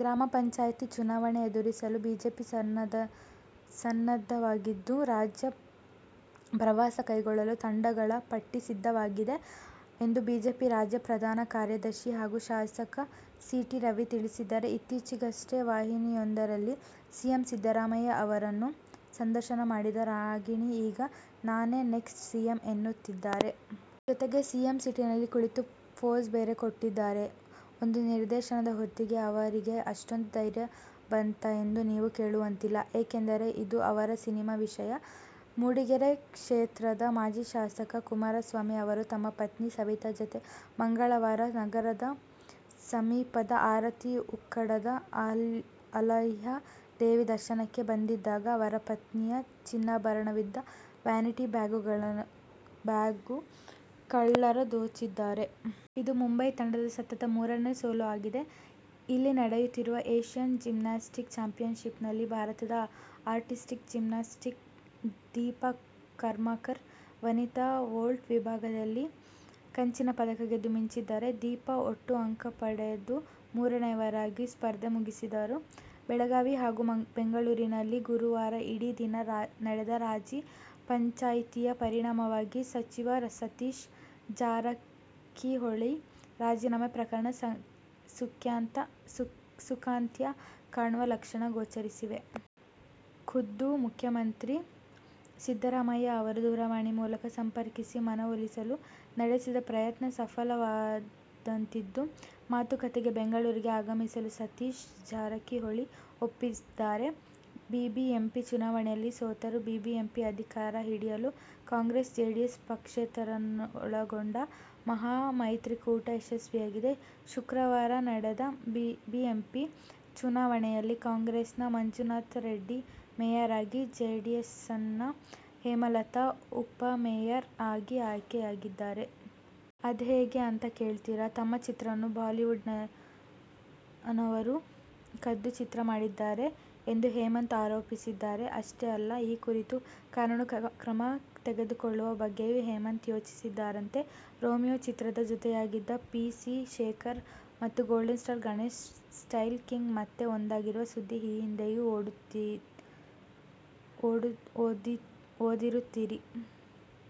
ಗ್ರಾಮ ಪಂಚಾಯಿತಿ ಚುನಾವಣೆ ಎದುರಿಸಲು ಬಿಜೆಪಿ ಸನ್ನದ್ಧವಾಗಿದ್ದು, ರಾಜ್ಯ ಪ್ರವಾಸ ಕೈಗೊಳ್ಳಲು ತಂಡಗಳ ಪಟ್ಟಿ ಸಿದ್ಧವಾಗಿದೆ ಎಂದು ಬಿಜೆಪಿ ರಾಜ್ಯ ಪ್ರಧಾನ ಕಾರ್ಯದರ್ಶಿ ಹಾಗೂ ಶಾಸಕ ಸಿ. ಟಿ. ರವಿ ತಿಳಿಸಿದ್ದಾರೆ. ಇತ್ತೀಚೆಗಷ್ಟೇ ವಾಹಿನಿಯೊಂದರಲ್ಲಿ ಸಿಎಂ ಸಿದ್ಧರಾಮಯ್ಯ ಅವರನ್ನು ಸಂದರ್ಶನ ಮಾಡಿದ ರಾಗಿಣಿ ಈಗ "ನಾನೇ ನೆಕ್ಸ್ಟ್ ಸಿಎಂ' ಎನ್ನುತ್ತಿದ್ದಾರೆ. ಜೊತೆಗೆ ಸಿಎಂ ಸೀಟಿನಲ್ಲಿ ಕುಳಿತು ಫೋಸ್ ಬೇರೆ ಕೊಟ್ಟಿದ್ದಾರೆ! ಒಂದು ಸಂದರ್ಶನದ ಹೊತ್ತಿಗೇ ಅವರಿಗೆ ಅಷ್ಟೊಂದು ಧೈರ್ಯ ಬಂತಾ ಎಂದು ನೀವು ಕೇಳುವಂತಿಲ್ಲ. ಏಕೆಂದರೆ, ಇದು ಅವರ ಸಿನಿಮಾ ವಿಷಯ. ಮೂಡಿಗೆರೆ ಕ್ಷೇತ್ರದ ಮಾಜಿ ಶಾಸಕ ಕುಮಾರಸ್ವಾಮಿ ಅವರು ತಮ್ಮ ಪತ್ನಿ ಸವಿತಾ ಜತೆ ಮಂಗಳವಾರ ನಗರ ಸಮೀಪದ ಆರತಿ ಉಕ್ಕಡದ ಅಲಹ್ಯ ದೇವಿ ದರ್ಶನಕ್ಕೆ ಬಂದಿದ್ದಾಗ ಅವರ ಪತ್ನಿಯ ಚಿನ್ನಾಭರಣವಿದ್ದ ವ್ಯಾನಿಟಿ ಬ್ಯಾಗ್ನ್ನು ಕಳ್ಳರು ದೋಚಿದ್ದಾರೆ. ಇದು ಮುಂಬೈ ತಂಡದ ಸತತ ಮೂರನೇ ಸೋಲು ಆಗಿದೆ. ಇಲ್ಲಿ ನಡೆಯುತ್ತಿರುವ ಏಶ್ಯನ್ ಜಿಮ್ನಾಸ್ಟಿಕ್ ಚಾಂಪಿಯನ್ಶಿಪ್ನಲ್ಲಿ ಭಾರತದ ಆರ್ಟಿಸ್ಟಿಕ್ ಜಿಮ್ನಾಸ್ಟ್ ದೀಪಾ ಕರ್ಮಾಕರ್ ವನಿತಾ ವೋಲ್ಟ್ ವಿಭಾಗದಲ್ಲಿ ಕಂಚಿನ ಪದಕ ಗೆದ್ದು ಮಿಂಚಿದ್ದಾರೆ. ದೀಪಾ ಒಟ್ಟು ಅಂಕ ಪಡೆದು ಮೂರನೆಯವರಾಗಿ ಸ್ಪರ್ಧೆ ಮುಗಿಸಿದರು. ಬೆಳಗಾವಿ ಹಾಗೂ ಬೆಂಗಳೂರಿನಲ್ಲಿ ಗುರುವಾರ ಇಡೀ ದಿನ ನಡೆದ ರಾಜಿ-ಪಂಚಾಯ್ತಿಯ ಪರಿಣಾಮವಾಗಿ ಸಚಿವ ಸತೀಶ್ ಜಾರಕಿಹೊಳಿ ರಾಜೀನಾಮೆ ಪ್ರಕರಣ ಸುಖಾಂತ್ಯ ಕಾಣುವ ಲಕ್ಷಣ ಗೋಚರಿಸಿವೆ. ಖುದ್ದು ಮುಖ್ಯಮಂತ್ರಿ ಸಿದ್ದರಾಮಯ್ಯ ಅವರು ದೂರವಾಣಿ ಮೂಲಕ ಸಂಪರ್ಕಿಸಿ ಮನವೊಲಿಸಲು ನಡೆಸಿದ ಪ್ರಯತ್ನ ಸಫಲವಾದಂತಿದ್ದು, ಮಾತುಕತೆಗೆ ಬೆಂಗಳೂರಿಗೆ ಆಗಮಿಸಲು ಸತೀಶ್ ಜಾರಕಿಹೊಳಿ ಒಪ್ಪಿದ್ದಾರೆ. ಬಿಬಿಎಂಪಿ ಚುನಾವಣೆಯಲ್ಲಿ ಸೋತರೂ ಬಿಬಿಎಂಪಿ ಅಧಿಕಾರ ಹಿಡಿಯಲು ಕಾಂಗ್ರೆಸ್-ಜೆಡಿಎಸ್-ಪಕ್ಷೇತರರನ್ನೊಳಗೊಂಡ ಮಹಾ ಮೈತ್ರಿಕೂಟ ಯಶಸ್ವಿಯಾಗಿದೆ. ಶುಕ್ರವಾರ ನಡೆದ ಬಿಬಿಎಂಪಿ ಚುನಾ ವಣೆಯಲ್ಲಿ ಕಾಂಗ್ರೆಸ್ನ ಮಂಜುನಾಥ ರೆಡ್ಡಿ ಮೇಯರ್ ಆಗಿ, ಜೆಡಿಎಸ್ನ ಹೇಮಲತಾ ಉಪಮೇಯರ್ ಆಗಿ ಆಯ್ಕೆಯಾಗಿದ್ದಾರೆ. ಅದ್ಹೇಗೆ ಅಂತ ಕೇಳ್ತೀರಾ? ತಮ್ಮ ಚಿತ್ರವನ್ನು ಬಾಲಿವುಡ್ನವರು ಕದ್ದು ಚಿತ್ರ ಮಾಡಿದ್ದಾರೆ ಎಂದು ಹೇಮಂತ್ ಆರೋಪಿಸಿದ್ದಾರೆ. ಅಷ್ಟೇ ಅಲ್ಲ, ಈ ಕುರಿತು ಕಾನೂನು ಕ್ರಮ ತೆಗೆದುಕೊಳ್ಳುವ ಬಗ್ಗೆಯೂ ಹೇಮಂತ್ ಯೋಚಿಸುತ್ತಿದ್ದಾರಂತೆ. ರೋಮಿಯೊ ಚಿತ್ರದಲ್ಲಿ ಜೊತೆಯಾಗಿದ್ದ ಪಿ. ಸಿ ಶೇಖರ್ ಮತ್ತು golden star Ganesh 'style king' ಮತ್ತೆ ಒಂದಾಗಿರುವ ಸುದ್ದಿ ಈ ಹಿಂದೆಯೇ ಓದಿರುತ್ತೀರಿ.